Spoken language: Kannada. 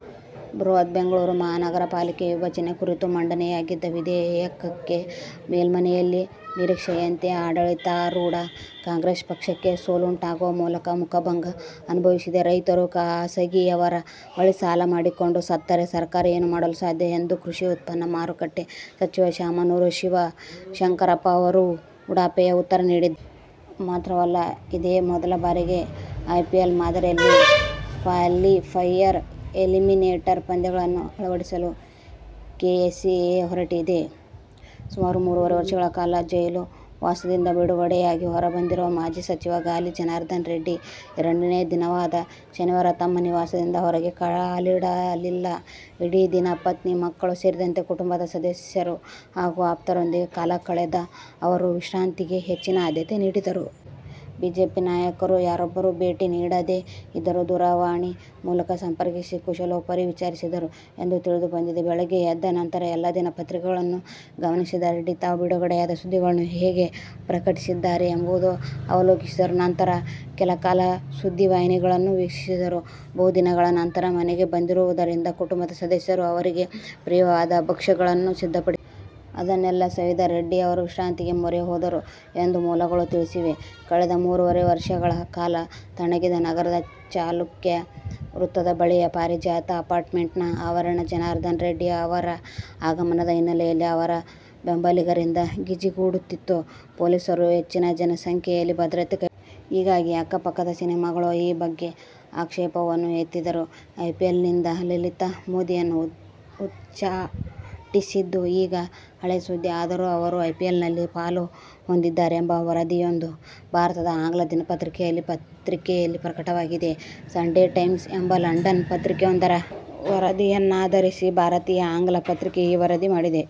ಬೃಹತ್ ಬೆಂಗಳೂರು ಮಹಾನಗರ ಪಾಲಿಕೆ ವಿಭಜನೆ ಕುರಿತು ಮಂಡನೆಯಾಗಿದ್ದ ವಿಧೇಯಕಕ್ಕೆ ಮೇಲ್ಮನೆಯಲ್ಲಿ ನಿರೀಕ್ಷೆಯಂತೆ ಆಡಳಿತಾರೂಢಾ ಕಾಂಗ್ರೆಸ್ ಪಕ್ಷಕ್ಕೆ ಸೋಲುಂಟಾಗುವ ಮೂಲಕ ಮುಖಭಂಗ ಅನುಭವಿಸಿದೆ. ರೈತರು ಖಾಸಗಿಯವರ ಬಳಿ ಸಾಲ ಮಾಡಿಕೊಂಡು ಸತ್ತರೆ ಸರ್ಕಾರ ಏನು ಮಾಡಲು ಸಾಧ್ಯ ಎಂದು ಕೃಷಿ ಉತ್ಪನ್ನ ಮಾರುಕಟ್ಟೆ ಸಚಿವ ಶಾಮನೂರು ಶಿವಶಂಕರಪ್ಪ ಅವರು ಉಡಾಫೆಯ ಉತ್ತರ ನೀಡಿದ್ದಾರೆ. ಮಾತ್ರವಲ್ಲ ಇದೇ ಮೊದಲ ಬಾರಿಗೆ ಐಪಿಎಲ್ ಮಾದರಿಯಲ್ಲಿ ಕ್ವಾಲಿಫೈಯರ್, ಎಲಿಮಿನೇಟರ್ ಪಂದ್ಯಗಳನ್ನು ಅಳವಡಿಸಲು ಕೆಎಸ್ಸಿಎ ಹೊರಟಿದೆ. ಸುಮಾರು ಮೂರೂವರೆ ವರ್ಷಗಳ ಜೈಲು ವಾಸದಿಂದ ಬಿಡುಗಡೆಯಾಗಿ ಹೊರಬಂದಿರುವ ಮಾಜಿ ಸಚಿವ ಗಾಲಿ ಜನಾರ್ದನರೆಡ್ಡಿ ಎರಡನೆಯ ದಿನವಾದ ಶನಿವಾರ ತಮ್ಮ ನಿವಾಸದಿಂದ ಹೊರಗೆ ಕಾಲಿಡಲಿಲ್ಲ. ಇಡೀ ದಿನ ಪತ್ನಿ, ಮಕ್ಕಳು ಸೇರಿದಂತೆ ಕುಟುಂಬದ ಸದಸ್ಯರು ಹಾಗೂ ಆಪ್ತರೊಂದಿಗೆ ಕಾಲ ಕಳೆದ ಅವರು ವಿಶ್ರಾಂತಿಗೇ ಹೆಚ್ಚಿನ ಆದ್ಯತೆ ನೀಡಿದರು. ಬಿಜೆಪಿ ನಾಯಕರು ಯಾರೊಬ್ಬರೂ ಭೇಟಿ ನೀಡದೇ ಇದ್ದರೂ ದೂರವಾಣಿ ಮೂಲಕ ಸಂಪರ್ಕಿಸಿ ಕುಶಲೋಪರಿ ವಿಚಾರಿಸಿದರು ಎಂದು ತಿಳಿದು ಬಂದಿದೆ. ಬೆಳಗ್ಗೆ ಎದ್ದ ನಂತರ ಎಲ್ಲ ದಿನಪತ್ರಿಕೆಗಳನ್ನೂ ಗಮನಿಸಿದ ರೆಡ್ಡಿ ತಾವು ಬಿಡುಗಡೆಯಾದ ಸುದ್ದಿಗಳನ್ನು ಹೇಗೆ ಪ್ರಕಟಿಸಿದ್ದಾರೆ ಎಂಬುದನ್ನು ಅವಲೋಕಿಸಿದರು. ನಂತರ ಕೆಲಕಾಲ ಸುದ್ದಿವಾಹಿನಿಗಳನ್ನು ವೀಕ್ಷಿಸಿದರು. ಬಹುದಿನಗಳ ನಂತರ ಮನೆಗೆ ಬಂದಿರುವುದರಿಂದ ಕುಟುಂಬದ ಸದಸ್ಯರು ಅವರಿಗೆ ಪ್ರಿಯವಾದ ಭಕ್ಷ್ಯಗಳನ್ನು ಸಿದ್ಧಪಡಿಸಿದರು. ಅದನ್ನೆಲ್ಲ ಸವಿದ ರೆಡ್ಡಿ ಅವರು ವಿಶ್ರಾಂತಿಗೆ ಮೊರೆ ಹೋದರು ಎಂದು ಮೂಲಗಳು ತಿಳಿಸಿವೆ. ಕಳೆದ ಮೂರೂವರೆ ವರ್ಷಗಳ ಕಾಲ ತಣ್ಣಗಿದ್ದ ನಗರದ ಚಾಲುಕ್ಯ ವೃತ್ತದ ಬಳಿಯ "ಪಾರಿಜಾತ' ಅಪಾರ್ಟ್ಮೆಂಟ್ನ ಆವರಣ ಜನಾರ್ದನರೆಡ್ಡಿ ಅವರ ಆಗಮನದ ಹಿನ್ನೆಲೆಯಲ್ಲಿ ಅವರ ಬೆಂಬಲಿಗರಿಂದ ಗಿಜಿಗುಡುತ್ತಿತ್ತು. ಪೊಲೀಸರು ಹೆಚ್ಚಿನ ಸಂಖ್ಯೆಯಲ್ಲಿ ಭದ್ರತೆ ಕೈಗೊಂಡಿದ್ದರು. ಹೀಗಾಗಿ ಅಕ್ಕಪಕ್ಕದ ನಿವಾಸಿಗಳು ಈ ಬಗ್ಗೆ ಆಕ್ಷೇಪವನ್ನೂ ಎತ್ತಿದರು. ಐಪಿಎಲ್ನಿಂದ ಲಲಿತ್ ಮೋದಿಯನ್ನು ಉಚ್ಛಾಟಿಸಿದ್ದು ಈಗ ಹಳೇ ಸುದ್ದಿ. ಆದರೂ ಅವರು ಐಪಿಎಲ್ನಲ್ಲಿ ಪಾಲು ಹೊಂದಿದ್ದಾರೆಂಬ ವರದಿಯೊಂದು ಭಾರತದ ಆಂಗ್ಲ ದಿನಪತ್ರಿಕೆಯಲ್ಲಿ ಪತ್ರಿಕೆಯಲ್ಲಿ ಪ್ರಕಟವಾಗಿದೆ. ಸಂಡೇ ಟೈಮ್ಸ್ ಎಂಬ ಲಂಡನ್ ಪತ್ರಿಕೆಯೊಂದರ ವರದಿಯನ್ನಾಧರಿಸಿ ಭಾರತೀಯ ಆಂಗ್ಲ ಪತ್ರಿಕೆ ಈ ವರದಿ ಮಾಡಿದೆ.